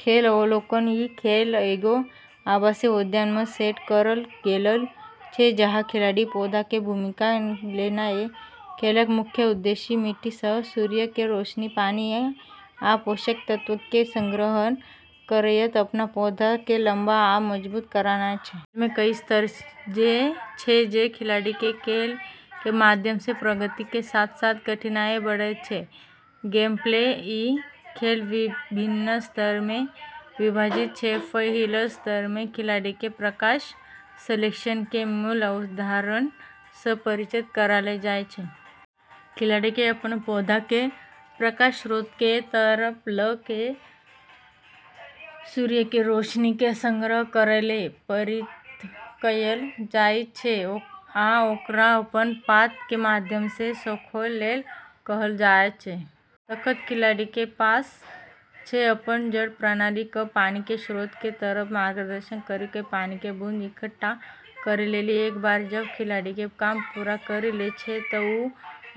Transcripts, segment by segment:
खेल अवलोकन: ई खेल एगो आभासी उद्यान मऽ सेट करलऽ गेलऽ छै जहाँ खिलाड़ी पौधा के भूमिका लेनाय । खेलक मुख्य उद्देश्य मिट्टी सऽ सूर्य के रोशनी, पानी, आ पोषक तत्वक कें संग्रहण करयत अपन पौधा के लंबा आ मजबूत करनाय छै। खेल मे कई स्तर छै जे खिलाड़ी के खेल के माध्यम सऽ प्रगति के साथ-साथ कठिनाई बढ़यत छै। गेमप्ले: ई खेल विभिन्न स्तर में विभाजित छै। पहिल स्तर में खिलाड़ी के प्रकाश संश्लेषण के मूल अवधारणा स परिचय करायल जाय छै। खिलाड़ी के अपन पौधा के प्रकाश स्रोत के तरफ ल क सूर्य के रोशनी के संग्रह करय लेल प्रेरित कयल जाइत छै आ ओकरा अपन पात के माध्यम स सोखय लेल कहल जायत छै। तखन खिलाड़ी के पास छै अपनऽ जड़ प्रणाली कऽ पानी के स्रोत के तरफ मार्गदर्शन करी कऽ पानी के बूंद इकट्ठा करै लेली। एक बार जब खिलाड़ी ई काम पूरा करी लै छै तऽ वू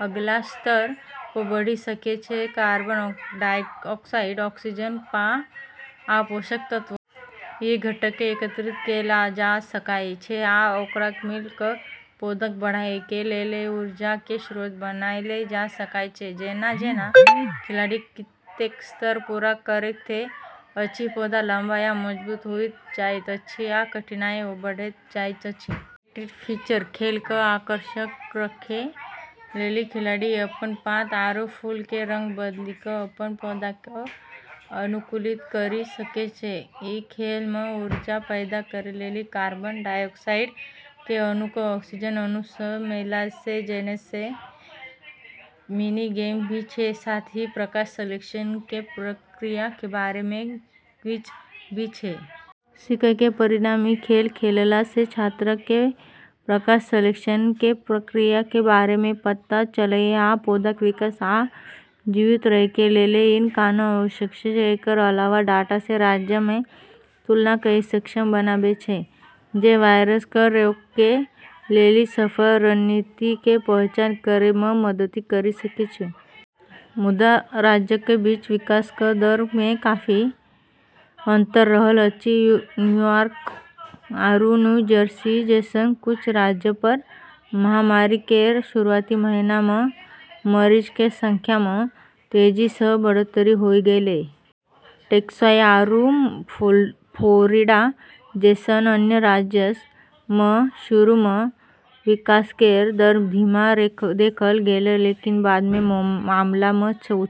अगला स्तर पऽ बढ़ी सकै छै कार्बन डाइऑक्साइड, ऑक्सीजन, आ पोषक तत्व। इ घटक के एकत्रित कैल जा सकएय छै आ ओकरा मिला क पौधाक बढ़एय के लेल ऊर्जा के स्रोत बनायल जा सकएय छै। जेना-जेना खिलाड़ी प्रत्येक स्तर पूरा करैत अछि, पौधा लंबा आ मजबूत होइत जाइत अछि, आ कठिनाई बढ़ैत जाइत अछि। इंटरैक्टिव फीचर: खेल कऽ आकर्षक रखै लेली खिलाड़ी अपनऽ पात आरू फूलऽ के रंग बदली कऽ अपनऽ पौधा कऽ अनुकूलित करी सकै छै। ई खेल मऽ ऊर्जा पैदा करै लेली कार्बन डाइऑक्साइड के अणु क॑ ऑक्सीजन अणु सऽ मिलाबै जैसनऽ मिनी गेम भी छै, साथ ही प्रकाश संश्लेषण के प्रक्रिया के बारे मऽ क्विज भी छै। सीखय के परिणाम: इ खेल खेलला सऽ छात्रक के प्रकाश संश्लेषण के प्रक्रिया के बारे मे पता चलतय आ पौधाक विकास आ जीवित रहय के लेल इ कोना आवश्यक छै ।एकरऽ अलावा, डाटा सेट राज्यऽ मऽ तुलना कऽ सक्षम बनाबै छै, जे वायरस कऽ रोकै लेली सफल रणनीति के पहचान करै मऽ मदद करी सकै छै। मुदा राज्य क बीच विकास क दर मे काफी अंतर रहल अछि। न्यूयॉर्क आरू न्यू जर्सी जैसनऽ कुछ राज्यऽ मऽ महामारी केरऽ शुरुआती महीना मऽ मरीजऽ के संख्या मऽ तेजी सऽ बढ़ोत्तरी होय गेलै। टेक्सास आरू फ्लोरिडा जैसनऽ अन्य राज्यऽ मऽ शुरू मऽ विकास केरऽ दर धीमा देखलऽ गेलै, लेकिन बाद मे मामला मऽ उछाल ।